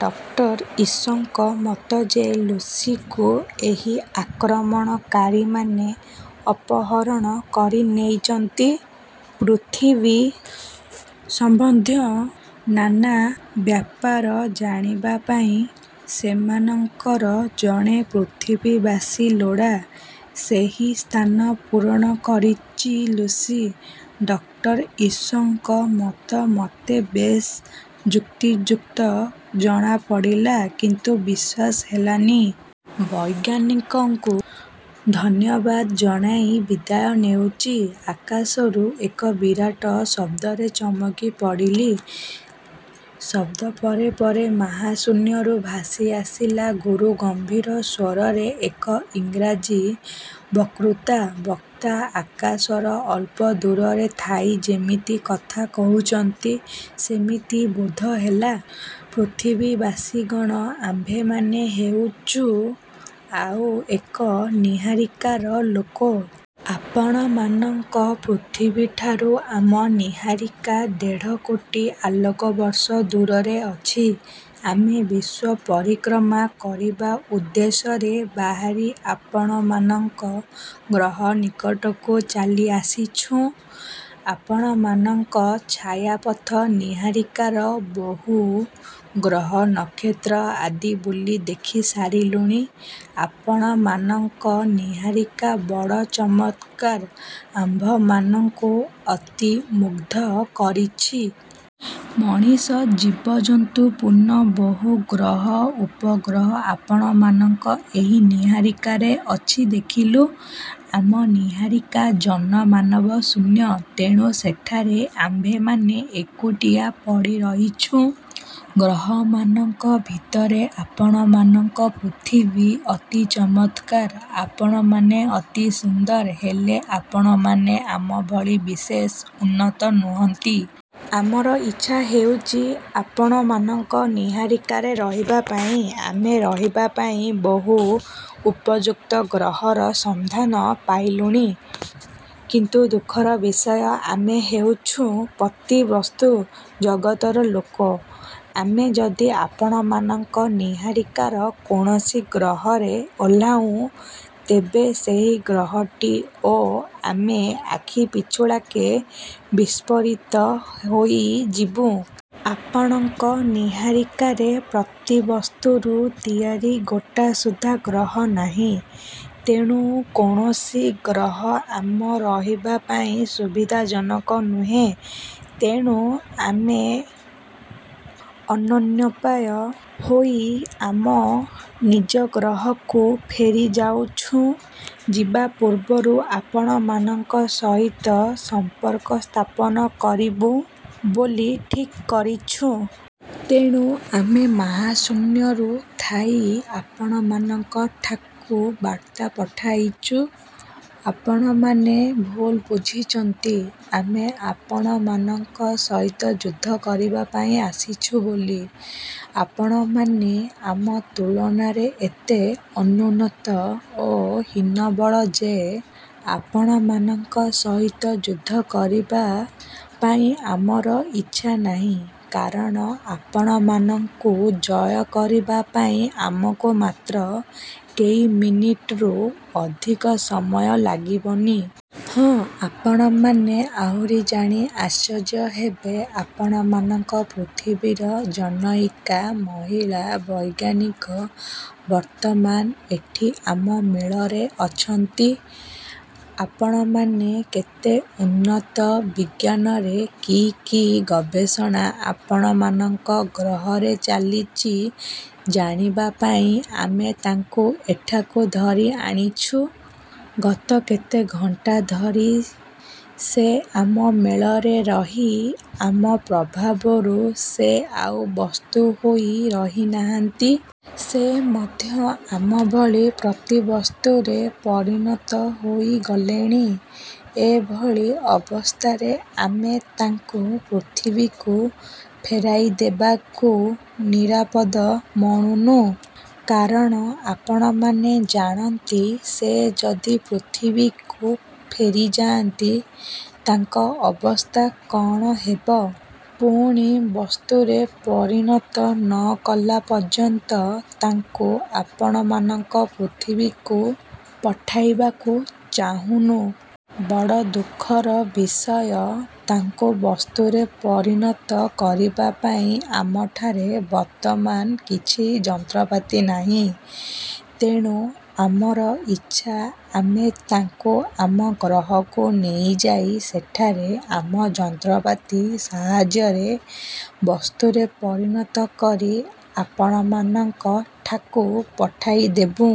Doctor ଇସୋଙ୍କ ମତ ଯେ ଲୁସିକୁ ଏହି ଆକ୍ରମଣକାରୀମାନେ ଅପହରଣ କରି ନେଇଛନ୍ତି। ପୃଥିବୀ-ସମ୍ବନ୍ଧୀୟ ନାନା ବ୍ୟାପାର ଜାଣିବା ପାଇଁ ସେମାନଙ୍କର ଜଣେ ପୃଥିବୀବାସୀ ଲୋଡ଼ା, ସେହି ସ୍ଥାନ ପୂରଣ କରିଛି ଲୁସି। ଡକ୍ଟର ଇସୋଙ୍କ ମତ ମୋତେ ବେଶ ଯୁକ୍ତିଯୁକ୍ତ ଜଣାପଡ଼ିଲା କିନ୍ତୁ ବିଶ୍ୱାସ ହେଲାନି। ବୈଜ୍ଞାନିକଙ୍କୁ ଧନ୍ୟବାଦ ଜଣାଇ ବିଦାୟ ନେଉଛି, ଆକାଶରୁ ଏକ ବିରାଟ ଶବ୍ଦରେ ଚମକିପଡ଼ିଲି। ଶବ୍ଦ ପରେ ପରେ ମହାଶୂନ୍ୟରୁ ଭାସିଆସିଲା ଗୁରୁଗମ୍ଭୀର ସ୍ୱରରେ ଏକ ଇଂରାଜୀ ବକ୍ରୁତା ବକ୍ତା ଆକାଶର ଅଳ୍ପ ଦୂରରେ ଥାଇ ଯେମିତି କଥା କହୁଛନ୍ତି, ସେମିତି ବୋଧହେଲା। ପୃଥିବୀବାସୀଗଣ, ଆମ୍ଭେମାନେ ହେଉଛୁଁ ଆଉ ଏକ ନୀହାରିକାର ଲୋକ। ଆପଣମାନଙ୍କ ପୃଥିବୀଠାରୁ ଆମ ନୀହାରିକା ଦେଢ଼କୋଟି ଆଲୋକବର୍ଷ ଦୂରରେ ଅଛି। ଆମେ ବିଶ୍ୱ ପରିକ୍ରମା କରିବା ଉଦ୍ଦେଶ୍ୟରେ ବାହାରି ଆପଣମାନଙ୍କ ଗ୍ରହନିକଟକୁ ଚାଲି ଆସିଛୁଁ। ଆପଣମାନଙ୍କ ଛାୟାପଥ ନୀହାରିକାର ବହୁ ଗ୍ରହ ନକ୍ଷତ୍ର ଆଦି ବୁଲି ଦେଖିସାରିଲୁଣି। ଆପଣମାନଙ୍କ ନୀହାରିକା ବଡ଼ ଚମତ୍କାର, ଆମ୍ଭମାନଙ୍କୁ ଅତି ମୁଗ୍ଧ କରିଛି। ମଣିଷ ଜୀବଜନ୍ତୁପୂର୍ଣ୍ଣ ବହୁ ଗ୍ରହ ଉପଗ୍ରହ ଆପଣମାନଙ୍କ ଏହି ନୀହାରିକାରେ ଅଛି ଦେଖିଲୁ। ଆମ ନୀହାରିକା ଜନମାନବ ଶୂନ୍ୟ ତେଣୁ ସେଠାରେ ଆମ୍ଭେମାନେ ଏକୁଟିଆ ପଡ଼ିରହିଛୁଁ। ଗ୍ରହମାନଙ୍କ ଭିତରେ ଆପଣମାନଙ୍କ ପୃଥିବୀ ଅତି ଚମତ୍କାର। ଆପଣମାନେ ଅତି ସୁନ୍ଦର। ହେଲେ, ଆପଣମାନେ ଆମ ଭଳି ବିଶେଷ ଉନ୍ନତ ନୁହନ୍ତି। ଆମର ଇଚ୍ଛା ହେଉଛି, ଆପଣମାନଙ୍କ ନୀହାରିକାରେ ରହିବା ପାଇଁ। ଆମେ ରହିବାପାଇଁ ବହୁ ଉପଯୁକ୍ତ ଗ୍ରହର ସନ୍ଧାନ ପାଇଲୁଣି କିନ୍ତୁ ଦୁଃଖର ବିଷୟ, ଆମେ ହେଉଛୁଁ ପ୍ରତିବସ୍ତୁ ଜଗତର ଲୋକ। ଆମେ ଯଦି ଆପଣମାନଙ୍କ ନୀହାରିକାର କୌଣସି ଗ୍ରହରେ ଓହ୍ଲାଉଁ, ତେବେ ସେହି ଗ୍ରହଟି ଓ ଆମେ ଆଖିପିଛୁଳାକେ ବିସ୍ଫୋରିତ ହୋଇଯିବୁଁ। ଆପଣଙ୍କ ନୀହାରିକାରେ ପ୍ରତିବସ୍ତୁରୁ ତିଆରି ଗୋଟାଏ ସୁଦ୍ଧା ଗ୍ରହ ନାହିଁ। ତେଣୁ କୌଣସି ଗ୍ରହ ଆମ ରହିବା ପାଇଁ ସୁବିଧାଜନକ ନୁହେଁ। ତେଣୁ ଆମେ ଅନନ୍ୟୋପାୟ ହୋଇ ଆମ ନିଜ ଗ୍ରହକୁ ଫେରିଯାଉଛୁଁ। ଯିବା ପୂର୍ବରୁ ଆପଣମାନଙ୍କ ସହିତ ସମ୍ପର୍କ ସ୍ଥାପନ କରିବୁଁ ବୋଲି ଠିକ୍ କରିଛୁଁ। ତେଣୁ ଆମେ ମହାଶୂନ୍ୟରୁ ଥାଇ ଆପଣମାନଙ୍କଠାକୁ ବାର୍ତ୍ତା ପଠାଇଛୁ। ଆପଣମାନେ ଭୁଲ ବୁଝିଛନ୍ତି, ଆମେ ଆପଣମାନଙ୍କ ସହିତ ଯୁଦ୍ଧ କରିବା ପାଇଁ ଆସିଛୁ ବୋଲି। ଆପଣମାନେ ଆମ ତୁଳନାରେ ଏତେ ଅନୁନ୍ନତ ଓ ହୀନବଳ ଯେ ଆପଣମାନଙ୍କ ସହିତ ଯୁଦ୍ଧ କରିବା ପାଇଁ ଆମର ଇଚ୍ଛା ନାହିଁ, କାରଣ ଆପଣମାନଙ୍କୁ ଜୟ କରିବା ପାଇଁ ଆମକୁ ମାତ୍ର କେଇ ମିନିଟ୍ରୁ ଅଧିକ ସମୟ ଲାଗିବନି। ହଁ ଆପଣମାନେ ଆହୁରି ଜାଣି ଆଶ୍ଚର୍ଯ୍ୟ ହେବେ, ଆପଣମାନଙ୍କ ପୃଥିବୀର ଜନୈକା ମହିଳା ବୈଜ୍ଞାନିକ ବର୍ତ୍ତମାନ ଏଠି ଆମ ମେଳରେ ଅଛନ୍ତି। ଆପଣମାନେ କେତେ ଉନ୍ନତ ବିଜ୍ଞାନରେ କି କି ଗବେଷଣା ଆପଣମାନଙ୍କ ଗ୍ରହରେ ଚାଲିଛି ଜାଣିବା ପାଇଁ ଆମେ ତାଙ୍କୁ ଏଠାକୁ ଧରିଆଣିଛୁଁ। ଗତ କେତେ ଘଣ୍ଟା ଧରି ସେ ଆମ ମେଳରେ ରହି ଆମ ପ୍ରଭାବରୁ ସେ ଆଉ ବସ୍ତୁ ହୋଇ ରହିନାହାନ୍ତି। ସେ ମଧ୍ୟ ଆମ ଭଳି ପ୍ରତିବସ୍ତୁରେ ପରିଣତ ହୋଇ ଗଲେଣି। ଏଭଳି ଅବସ୍ଥାରେ ଆମେ ତାଙ୍କୁ ପୃଥିବୀକୁ ଫେରାଇ ଦେବାକୁ ନିରାପଦ ମଣୁନୁ। କାରଣ ଆପଣମାନେ ଜାଣନ୍ତି, ସେ ଯଦି ପୃଥିବୀକୁ ଫେରିଯାନ୍ତି, ତାଙ୍କ ଅବସ୍ଥା କ'ଣ ହେବ? ପୁଣି ବସ୍ତୁରେ ପରିଣତ ନ କଲା ପର୍ଯ୍ୟନ୍ତ ତାଙ୍କୁ ଆପଣମାନଙ୍କ ପୃଥିବୀକୁ ପଠାଇବାକୁ ଚାହୁଁନୁ। ବଡ଼ ଦୁଃଖର ବିଷୟ ତାଙ୍କୁ ବସ୍ତୁରେ ପରିଣତ କରିବା ପାଇଁ ଆମଠାରେ ବର୍ତ୍ତମାନ କିଛି ଯନ୍ତ୍ରପାତି ନାହିଁ। ତେଣୁ ଆମର ଇଚ୍ଛା, ଆମେ ତାଙ୍କୁ ଆମ ଗ୍ରହକୁ ନେଇଯାଇ ସେଠାରେ ଆମ ଯନ୍ତ୍ରପାତି ସାହାଯ୍ୟରେ ବସ୍ତୁରେ ପରିଣତ କରି ଆପଣମାନଙ୍କଠାକୁ ପଠାଇଦେବୁଁ।